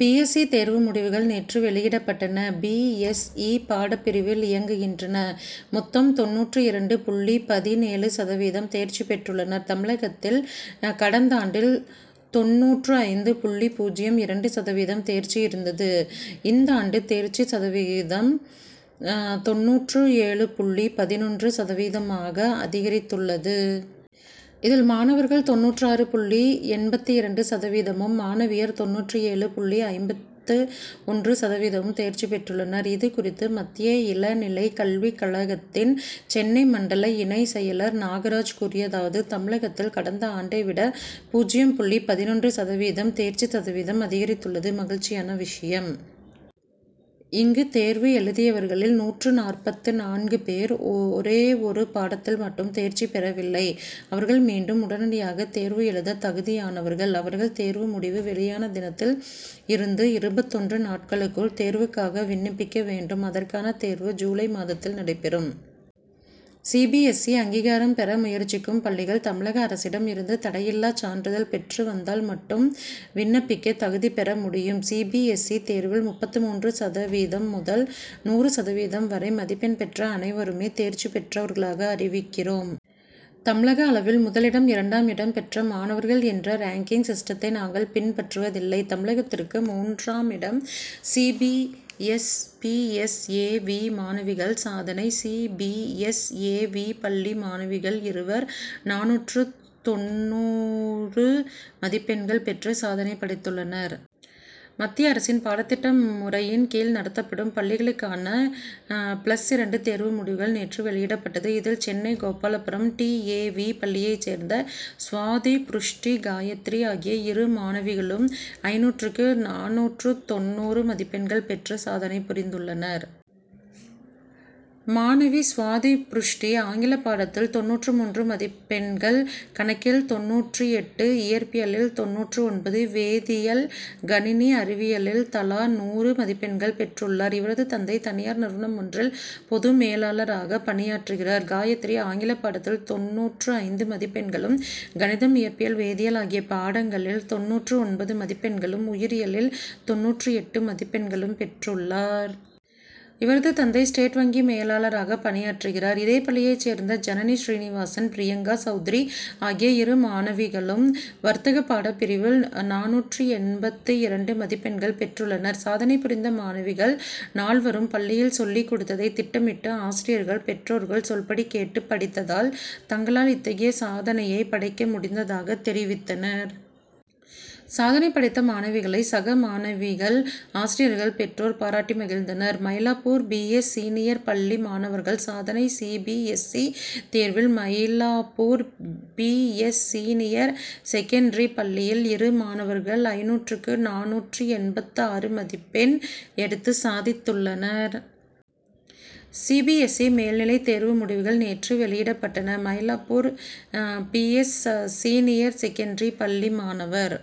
B. S. E. தேர்வு முடிவுகள் நேற்று வெளியிடப்பட்டன. பி. எஸ். இ. பாடப்பிரிவில் இயங்குகின்றன. மொத்தம் தொண்ணூற்று இரண்டு புள்ளி பதினேழு சதவீதம் தேர்ச்சி பெற்றுள்ளனர். தமிழகத்தில் கடந்தாண்டில் தொண்ணூற்று ஐந்து புள்ளி பூஜ்யம் இரண்டு சதவீதம் தேர்ச்சி இருந்தது. இந்தாண்டு தேர்ச்சி சதவீதம் தொண்ணூற்று ஏழு புள்ளி பதினொன்று சதவீதமாக அதிகரித்துள்ளது. இதில் மாணவர்கள் தொண்ணூற்று ஆறு புள்ளி எண்பத்து இரண்டு சதவீதமும் மாணவியர் தொண்ணூற்று ஏழு புள்ளி ஐம்பத்து ஒன்று சதவீதமும் தேர்ச்சி பெற்றுள்ளனர். இது குறித்து மத்திய இளநிலை கல்விக் கழகத்தின் சென்னை மண்டல இணைச் செயலர் நாகராஜ் கூறியதாவது தமிழகத்தில் கடந்த ஆண்டை விட பூஜ்யம் புள்ளி பதினொன்று சதவீதம் தேர்ச்சி சதவீதம் அதிகரித்துள்ளது மகிழ்ச்சியான விஷயம். இங்கு தேர்வு எழுதியவர்களில் நூற்று நாற்பத்து நான்கு பேர் ஒரேயொரு பாடத்தில் மட்டும் தேர்ச்சி பெறவில்லை. அவர்கள் மீண்டும் உடனடியாக தேர்வு எழுத தகுதியானவர்கள். அவர்கள் தேர்வு முடிவு வெளியான தினத்தில் இருந்து இருபத்தொன்று நாட்களுக்குள் தேர்வுக்காக விண்ணப்பிக்க வேண்டும். அதற்கான தேர்வு ஜூலை மாதத்தில் நடைபெறும். சி. பி. எஸ். இ. அங்கீகாரம் பெற முயற்சிக்கும் பள்ளிகள் தமிழக அரசிடம் இருந்து தடையில்லா சான்றிதழ் பெற்று வந்தால் மட்டும் விண்ணப்பிக்க தகுதி பெற முடியும். சி. பி. எஸ். இ. தேர்வில் முப்பத்து மூன்று சதவீதம் முதல் நூறு சதவீதம் வரை மதிப்பெண் பெற்ற அனைவருமே தேர்ச்சி பெற்றவர்களாக அறிவிக்கிறோம். தமிழக அளவில் முதலிடம் இரண்டாம் இடம் பெற்ற மாணவர்கள் என்ற ரேங்க்கிங் சிஸ்டத்தை நாங்கள் பின்பற்றுவதில்லை. தமிழகத்திற்கு மூன்றாமிடம் C. B. S. P. S. A. V. மாணவிகள் சாதனை C. B. S. A. V. பள்ளி மாணவிகள் இருவர் நானூற்று தொண்ணூறு மதிப்பெண்கள் பெற்று சாதனை படைத்துள்ளனர். மத்திய அரசின் பாடத்திட்ட முறையின் கீழ் நடத்தப்படும் பள்ளிகளுக்கான பிளஸ் இரண்டு தேர்வு முடிவுகள் நேற்று வெளியிடப்பட்டது. இதில் Chennai Gopalapuram D. A. V. பள்ளியை சேர்ந்த சுவாதி புருஷ்டி காயத்ரி ஆகிய இரு மாணவிகளும் ஐநூற்றுக்கு நானூற்று தொண்ணூறு மதிப்பெண்கள் பெற்று சாதனை புரிந்துள்ளனர். மாணவி சுவாதி புருஷ்டி ஆங்கில பாடத்தில் தொண்ணூற்று மூன்று மதிப்பெண்கள் கணக்கில் தொண்ணூற்று எட்டு இயற்பியலில் தொண்ணூற்று ஒன்பது வேதியியல் கணினி அறிவியலில் தலா நூறு மதிப்பெண்கள் பெற்றுள்ளார். இவரது தந்தை தனியார் நிறுவனம் ஒன்றில் பொது மேலாளராக பணியாற்றுகிறார். காயத்ரி ஆங்கில பாடத்தில் தொண்ணூற்று ஐந்து மதிப்பெண்களும் கணிதம் இயற்பியல் வேதியியல் ஆகிய பாடங்களில் தொண்ணூற்று ஒன்பது மதிப்பெண்களும் உயிரியலில் தொண்ணூற்று எட்டு மதிப்பெண்களும் பெற்றுள்ளார். இவரது தந்தை ஸ்டேட் வங்கி மேலாளராக பணியாற்றுகிறார். இதே பள்ளியை சேர்ந்த ஜனனி ஸ்ரீனிவாசன் பிரியங்கா சவுத்ரி ஆகிய இரு மாணவிகளும் வர்த்தக பாடப்பிரிவில் நானூற்று எண்பத்து இரண்டு மதிப்பெண்கள் பெற்றுள்ளனர். சாதனை புரிந்த மாணவிகள் நால்வரும் பள்ளியில் சொல்லி கொடுத்ததை திட்டமிட்டு ஆசிரியர்கள் பெற்றோர்கள் சொல்படி கேட்டு படித்ததால் தங்களால் இத்தகைய சாதனையை படைக்க முடிந்ததாக தெரிவித்தனர். சாதனை படைத்த மாணவிகளை சக மாணவிகள் ஆசிரியர்கள் பெற்றோர் பாராட்டி மகிழ்ந்தனர். மயிலாப்பூர் பி. எஸ். சீனியர் பள்ளி மாணவர்கள் சாதனை சி. பி. எஸ். சி. தேர்வில் Mylapore P. S. Senior secondary பள்ளியில் இரு மாணவர்கள் ஐநூற்றுக்கு நானூற்று எண்பத்து ஆறு மதிப்பெண் எடுத்து சாதித்துள்ளனர். சி. பி. எஸ். சி. மேல்நிலை தேர்வு முடிவுகள் நேற்று வெளியிடப்பட்டன. Mylapore P. S. Senior secondary பள்ளி மாணவர்